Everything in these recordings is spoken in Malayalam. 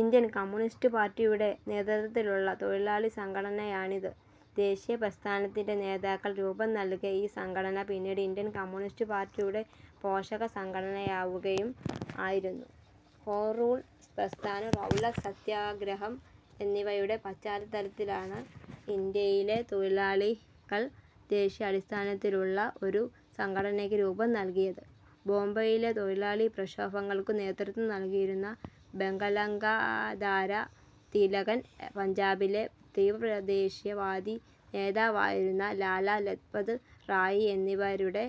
ഇന്ത്യൻ കമ്യൂണിസ്റ്റുപാർട്ടിയുടെ നേതൃത്വത്തിലുള്ള തൊഴിലാളി സംഘടനയാണിത്. ദേശീയ പ്രസ്ഥാനത്തിന്റെ നേതാക്കൾ രൂപം നൽകിയ ഈ സംഘടന പിന്നീട് ഇന്ത്യൻ കമ്യൂണിസ്റ്റുപാർട്ടിയുടെ പോഷക സംഘടനയാവുകയും ആയിരുന്നു. ഹോംറൂൾ പ്രസ്ഥാനം, റൗലറ്റ് സത്യഗ്രഹം എന്നിവയുടെ പശ്ചാത്തലത്തിലാണ് ഇന്ത്യയിലെ തൊഴിലാളികൾ ദേശീയാടിസ്ഥാനത്തിലുള്ള ഒരു സംഘടനയ്ക്കു രൂപംനൽകിയത്. ബോംബെയിലെ തൊഴിലാളി പ്രക്ഷോഭങ്ങൾക്കു നേതൃത്വം നൽകിയിരുന്ന ബംഗാലങ്കാദര തിലകൻ, പഞ്ചാബിലെ തീവ്രദേശീയവാദി നേതാവായിരുന്ന ലാലാ ലജ്പത് റായ് എന്നിവരുടെ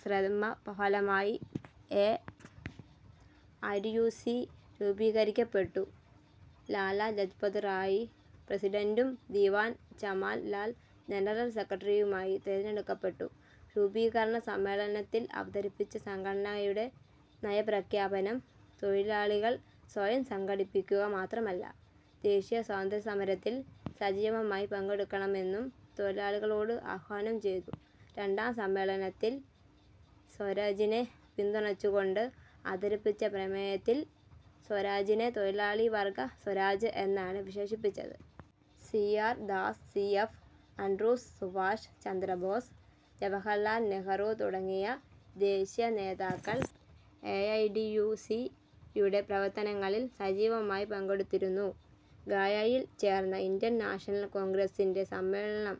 ശ്രമഫലമായി A. I. T. U. C. രൂപീകരിക്കപ്പെട്ടു. ലാലാ ലജ്പത് റായ് പ്രസിഡന്റും ദിവാൻ ചമൻ ലാൽ ജനറൽ സെക്രട്ടറിയുമായി തെരഞ്ഞെടുക്കപ്പെട്ടു. രൂപീകരണ സമ്മേളനത്തിൽ അവതരിപ്പിച്ച സംഘടനയുടെ നയപ്രഖ്യാപനം, തൊഴിലാളികൾ സ്വയം സംഘടിക്കുക മാത്രമല്ല, ദേശീയ സ്വാതന്ത്യസമരത്തിൽ സജീവമായി പങ്കെടുക്കണമെന്നും ' തൊഴിലാളികളോട് ആഹ്വാനം ചെയ്തു. രണ്ടാം സമ്മേളനത്തിൽ സ്വരാജിനെ പിന്തുണച്ചുകൊണ്ട് അവതരിപ്പിച്ച പ്രമേയത്തിൽ, സ്വരാജിനെ തൊഴിലാളിവർഗ സ്വരാജ് എന്നാണ് വിശേഷിപ്പിച്ചത്. C. R. Das, C. F. Andrews, Subhash Chandrabose, Jawaharlal Nehru തുടങ്ങിയ ദേശീയ നേതാക്കൾ A. I. T. U. C. യുടെ പ്രവർത്തനങ്ങളിൽ സജീവമായി പങ്കെടുത്തിരുന്നു. ഗയയിൽ ചേർന്ന ഇന്ത്യൻ നാഷണൽ കോൺഗ്രസ്സിന്റെ സമ്മേളനം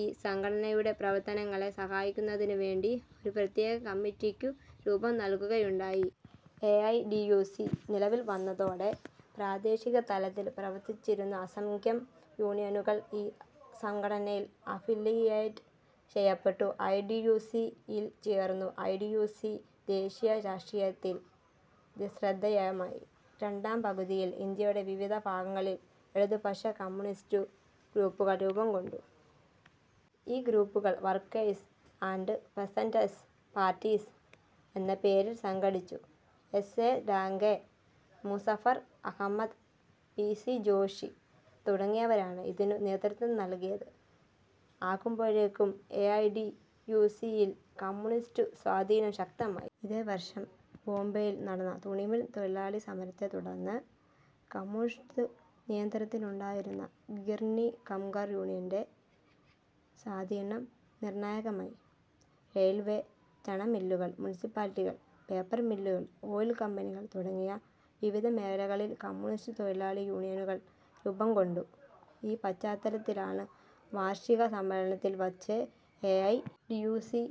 ഈ സംഘടനയുടെ പ്രവർത്തനങ്ങളെ സഹായിക്കുന്നതിനുവേണ്ടി ഒരു പ്രത്യേക കമ്മിറ്റിയ്ക്കു രൂപം നൽകുകയുണ്ടായി. A. I. T. U. C. നിലവിൽവന്നതോടെ പ്രാദേശികതലത്തിൽ പ്രവർത്തിച്ചിരുന്ന അസംഖ്യം യൂണിയനുകൾ ഈ സംഘടനയിൽ അഫിലിയേറ്റ് ചെയ്യപ്പെട്ടു. ഐ. ടി. യു. സി. യിൽ ചേർന്നു. ഐ. ടി. യു. സി. ദേശീയ രാഷ്ട്രീയത്തിൽ ശ്രദ്ധേയമായി. രണ്ടാംപകുതിയിൽ ഇന്ത്യയുടെ വിവിധ ഭാഗങ്ങളിൽ ഇടതുപക്ഷ-കമ്യൂണിസ്റ്റു ഗ്രൂപ്പുകൾ രൂപംകൊണ്ടു. ഈ ഗ്രൂപ്പുകൾ ' വർക്കേഴ്സ് ആൻഡ് പെസന്റ്സ് പാർട്ടീസ് ' എന്ന പേരിൽ സംഘടിച്ചു. S. A. Dange, Muzaffar Ahmad, P. C. Joshi തുടങ്ങിയവരാണ് ഇതിനു നേതൃത്വം നൽകിയത്. ആകുമ്പോഴേക്കും A. I. T. U. C. യിൽ കമ്യൂണിസ്റ്റു സ്വാധീനം ശക്തമായി. ഇതേവർഷം ബോംബെയിൽ നടന്ന തുണിമിൽ തൊഴിലാളി സമരത്തെത്തുടർന്ന്, കമ്യൂണിസ്റ്റു നിയന്ത്രണത്തിലുണ്ടായിരുന്ന ഗിർനി കാംകർ യൂണിയന്റെ, സ്വാധീനം നിർണായകമായി. റെയിൽവെ, ചണമില്ലുകൾ, മുനിസിപ്പാലിറ്റികൾ, പേപ്പർമില്ലുകൾ, ഓയിൽ കമ്പനികൾ തുടങ്ങിയ വിവിധ മേഖലകളിൽ കമ്യൂണിസ്റ്റു തൊഴിലാളി യൂണിയനുകൾ രൂപംകൊണ്ടു. ഈ പശ്ചാത്തലത്തിലാണ് വാർഷിക സമ്മേളനത്തിൽ വച്ച് A. I. T. U. C.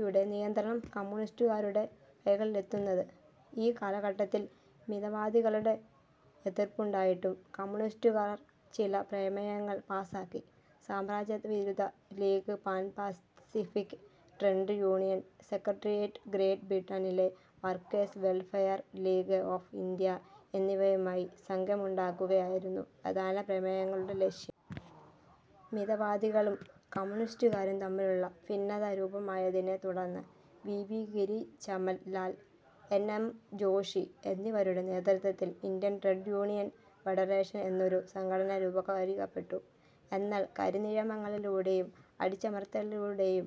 യുടെ നിയന്ത്രണം കമ്യൂണിസ്റ്റുകാരുടെ കൈകളിലെത്തുന്നത്. ഈ കാലഘട്ടത്തിൽ മിതവാദികളുടെ എതിർപ്പുണ്ടായിട്ടും കമ്യൂണിസ്റ്റുകാർ ചില പ്രമേയങ്ങൾ പാസ്സാക്കി. സാമ്രാജ്യത്വവിരുദ്ധ league pan pacific trade union secretariat great ബ്രിട്ടനിലെ workers welfare league of India എന്നിവയുമായി സഖ്യമുണ്ടാക്കുകയായിരുന്നു പ്രധാന പ്രമേയങ്ങളുടെ ലക്ഷ്യം. മിതവാദികളും കമ്യൂണിസ്റ്റുകാരും തമ്മിലുള്ള ഭിന്നത രൂക്ഷമായതിനെ തുടർന്ന്, V. V. Giri, Chaman Lal, N. M. Joshi എന്നിവരുടെ നേതൃത്വത്തിൽ ഇന്ത്യൻ ട്രേഡ് യൂണിയൻ ഫെഡറേഷൻ എന്നൊരു സംഘടന രൂപീകരിക്കപ്പെട്ടു. എന്നാൽ, കരിനിയമങ്ങളിലൂടെയും അടിച്ചമർത്തലിലൂടെയും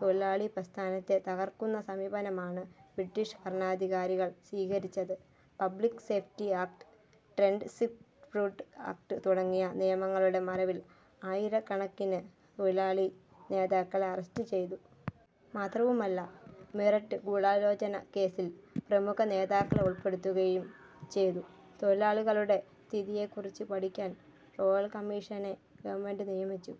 തൊഴിലാളിപ്രസ്ഥാനത്തെ തകർക്കുന്ന സമീപനമാണ് ബ്രിട്ടിഷ് ഭരണാധികാരികൾ സ്വീകരിച്ചത്. Public safety act, trade disputes act തുടങ്ങിയ നിയമങ്ങളുടെ മറവിൽ ആയിരക്കണക്കിന് തൊഴിലാളി നേതാക്കളെ അറസ്റ്റുചെയ്തു. മാത്രവുമല്ല, മീററ്റ് ഗൂഢാലോചനാ കേസ്സിൽ പ്രമുഖ നേതാക്കളെ ഉൾപ്പെടുത്തുകയും ചെയ്തു. തൊഴിലാളികളുടെ സ്ഥിതിയെക്കുറിച്ച് പഠിക്കാൻ റോയൽകമ്മിഷനെ ഗവൺമെന്റ് നിയമിച്ചു.